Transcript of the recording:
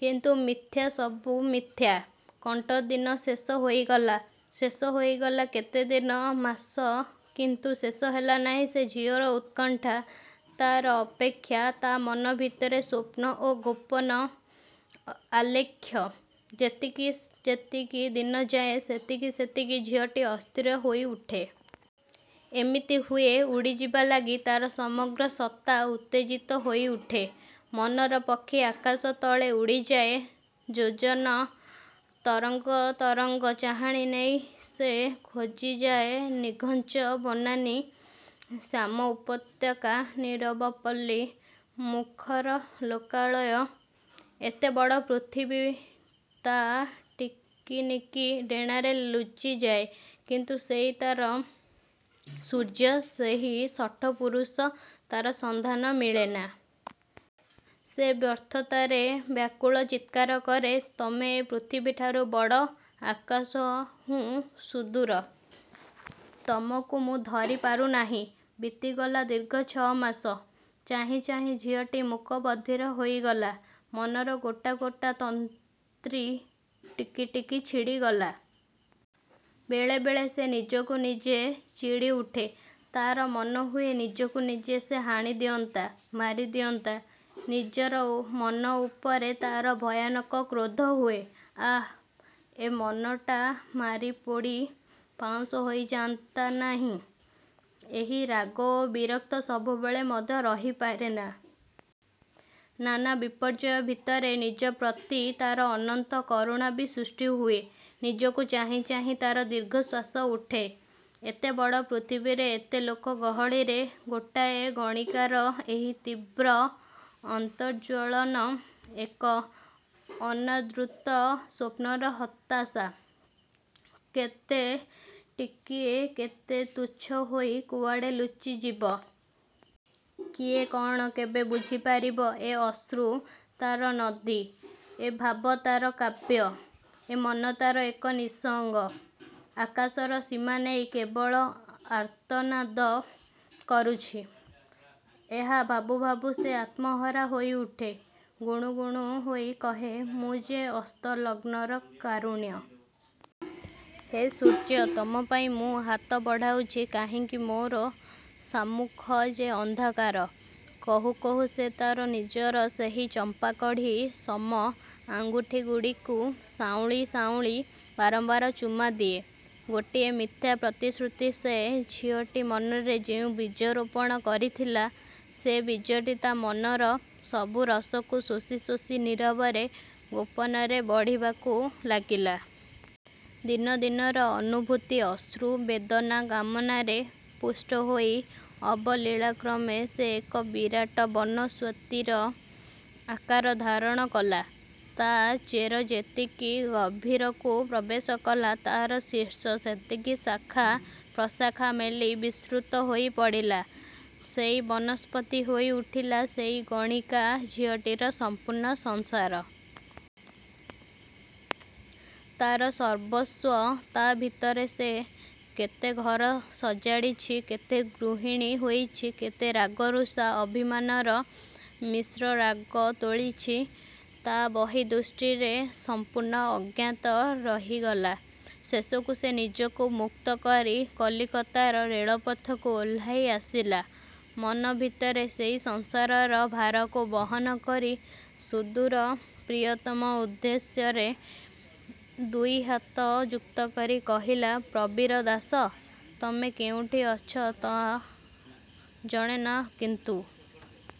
କିନ୍ତୁ ମିଥ୍ୟା, ସବୁ ମିଥ୍ୟା? କଣ୍ଟ ଦିନ ଶେଷ ହୋଇଗଲା। ଶେଷ ହୋଇଗଲା କେତେ ଦିନ, ମାସ କିନ୍ତୁ ଶେଷ ହେଲା ନାହିଁ ସେ ଝିଅର ଉତ୍କଣ୍ଠା, ତାର ଅପେକ୍ଷା, ତା ମନ ଭିତରେ ସ୍ଵପ୍ନ ଓ ଗୋପନ ଆଲେଖ୍ୟ। ଯେତିକି ଯେତିକି ଦିନ ଯାଏ ସେତିକି ସେତିକି ଝିଅଟି ଅସ୍ଥିର ହୋଇ ଉଠେ। ଏମିତି ହୁଏ, ଉଡ଼ିଯିବାଲାଗି ତାର ସମଗ୍ର ସତ୍ତା ଉତ୍ତେଜିତ ହୋଇ ଉଠେ। ମନର ପକ୍ଷୀ ଆକାଶ ତଳେ ଉଡ଼ିଯାଏ ଯୋଜନ ତରଙ୍ଗ ତରଙ୍ଗ ଚାହାଣି ନେଇ ସେ ଖୋଜିଯାଏ ନିଘଞ୍ଚ ବନାନୀ, ଶ୍ୟାମ ଉପତ୍ୟକା, ନୀରବ ପଲ୍ଲୀ, ମୁଖର ଲୋକାଳୟ। ଏତେବଡ଼ ପୃଥିବୀ ତା ଟିକିନିକି ଡେଣାରେ ଲୁଚିଯାଏ କିନ୍ତୁ ସେଇ ତାର ସୂର୍ଯ୍ୟ, ସେହି ଶଠ ପୂରୁଷ, ତାର ସନ୍ଧାନ ମିଳେନା। ସେ ବ୍ୟର୍ଥତାରେ ବ୍ୟାକୁଳ ଚିତ୍କାର କରେ। ତମେ ଏ ପୃଥିବୀଠାରୁ ବଡ଼, ଆକାଶ ହୁଁ ସୁଦୂର। ତମକୁ ମୁଁ ଧରି ପାରୁ ନାହିଁ । ବିତିଗଲା ଦୀର୍ଘ ଛ ମାସ। ଚାହିଁ ଚାହିଁ ଝିଅଟି ମୁକ ବଧିର ହୋଇଗଲା। ମନର ଗୋଟା ଗୋଟା ତନ୍ତ୍ରୀ ଟିକି ଟିକି ଛିଡ଼ିଗଲା। ବେଳେ ବେଳେ ସେ ନିଜକୁ ନିଜେ ଚିଡ଼ି ଉଠେ। ତାର ମନ ହୁଏ ନିଜକୁ ନିଜେ ସେ ହାଣିଦିଅନ୍ତା, ମାରିଦିଅନ୍ତା। ନିଜର ମନ ଉପରେ ତାର ଭୟାନକ କ୍ରୋଧ ହୁଏ, ଆଃ ଏ ମନଟା ମାରି ପୋଡ଼ି ପାଉଁଶ ହୋଇ ଯାଆନ୍ତା ନାହିଁ? ଏହି ରାଗ ଓ ବିରକ୍ତ ସବୁବେଳେ ମଧ୍ୟ ରହି ପାରେନା। ନାନା ବିପର୍ଯ୍ୟୟ ଭିତରେ ନିଜପ୍ରତି ତାର ଅନନ୍ତ କରୁଣା ବି ସୃଷ୍ଟି ହୁଏ। ନିଜକୁ ଚାହିଁ ଚାହିଁ ତାର ଦୀର୍ଘଶ୍ଵାସ ଉଠେ। ଏତେ ବଡ଼ ପୃଥିବୀରେ ଏତେ ଲୋକ ଗହଳିରେ, ଗୋଟାଏ ଗଣିକାର ଏହି ତୀବ୍ର ଅନ୍ତର୍ଜ୍ୱଳନ ଏକ ଅନାଦୃତ ସ୍ୱପ୍ନର ହତାଶା। କେତେ ଟିକିଏ, କେତେ ତୁଚ୍ଛ ହୋଇ କୁଆଡ଼େ ଲୁଚିଯିବ। କିଏ କଣ କେବେ ବୁଝି ପାରିବ, ଏ ଅଶ୍ରୁ, ତାର ନଦୀ। ଏ ଭାବ ତାର କାବ୍ୟ, ଏ ମନ ତାର ଏକ ନିଃସଙ୍ଗ ଆକାଶର ସୀମା ନେଇ କେବଳ ଆର୍ତ୍ତନାଦ କରୁଛି? ଏହା ଭାବୁ ଭାବୁ ସେ ଆତ୍ମହରା ହୋଇଉଠେ। ଗୁଣୁ ଗୁଣୁ ହୋଇ କହେ, ମୁଁ ଯେ ଅସ୍ତ ଲଗ୍ନର କାରୁଣ୍ୟ । ହେ ସୂର୍ଯ୍ୟ, ତମପାଇଁ ମୁଁ ହାତ ବଢ଼ାଉଛି କାହିଁକି ମୋର ସାମ୍ମୁଖ ଯେ ଅନ୍ଧକାର। କହୁ କହୁ ସେ ତାର ନିଜର ସେହି ଚମ୍ପାକଢ଼ି ସମ ଆଙ୍ଗୁଠିଗୁଡ଼ିକୁ ସାଉଁଳି ସାଉଁଳି ବାରମ୍ବାର ଚୁମା ଦିଏ । ଗୋଟିଏ ମିଥ୍ୟା ପ୍ରତିଶ୍ରୁତି ସେ ଝିଅଟି ମନରେ ଯେଉଁ ବୀଜ ରୋପଣ କରିଥିଲା, ସେ ବୀଜଟି ତା ମନର ସବୁ ରସକୁ ଶୋଷି ଶୋଷି ନୀରବରେ, ଗୋପନରେ ବଢ଼ିବାକୁ ଲାଗିଲା। ଦିନଦିନର ଅନୁଭୂତି ଅଶ୍ରୁ, ବେଦନା କାମନାରେ ପୁଷ୍ଟହୋଇ ଅବଲୀଳାକ୍ରମେ ସେ ଏକ ବିରାଟ ବନସ୍ଵତିର ଆକାର ଧାରଣ କଲା। ତା ଚେର ଯେତିକି ଗଭୀରକୁ ପ୍ରବେଶ କଲା ତାର ଶୀର୍ଷ ସେତିକି ଶାଖା, ପ୍ରଶାଖା ମେଲି ବିସୃତ ହୋଇ ପଡ଼ିଲା। ସେଇ ବନସ୍ପତି ହୋଇ ଉଠିଲା, ସେଇ ଗଣିକା ଝିଅଟିର ସମ୍ପୂର୍ଣ୍ଣ ସଂସାର। ତାର ସର୍ବସ୍ଵ, ତା ଭିତରେ ସେ କେତେଘର ସଜାଡ଼ିଛି କେତେ ଗୃହିଣୀ ହୋଇଛି କେତେ ରାଗ ରୁଷା, ଅଭିମାନର ମିଶ୍ରରାଗ ତୋଳିଛି ତା ବହି ଦୃଷ୍ଟିରେ ସମ୍ପୂର୍ଣ୍ଣ ଅଜ୍ଞାତ ରହିଗଲା। ଶେଷକୁ ସେ ନିଜକୁ ମୁକ୍ତ କରି କଲିକତାର ରେଳପଥକୁ ଓହ୍ଲାଇ ଆସିଲା। ମନ ଭିତରେ ସେଇ ସଂସାରର ଭାରକୁ ବହନ କରି ସୁଦୂର ପ୍ରିୟତମ ଉଦ୍ଦେଶ୍ୟରେ ଦୁଇ ହାତ ଯୁକ୍ତକରି କହିଲା, ପ୍ରବୀର ଦାସ। ତମେ କେଉଁଠି ଅଛ ତା ଜଣେ ନା କିନ୍ତୁ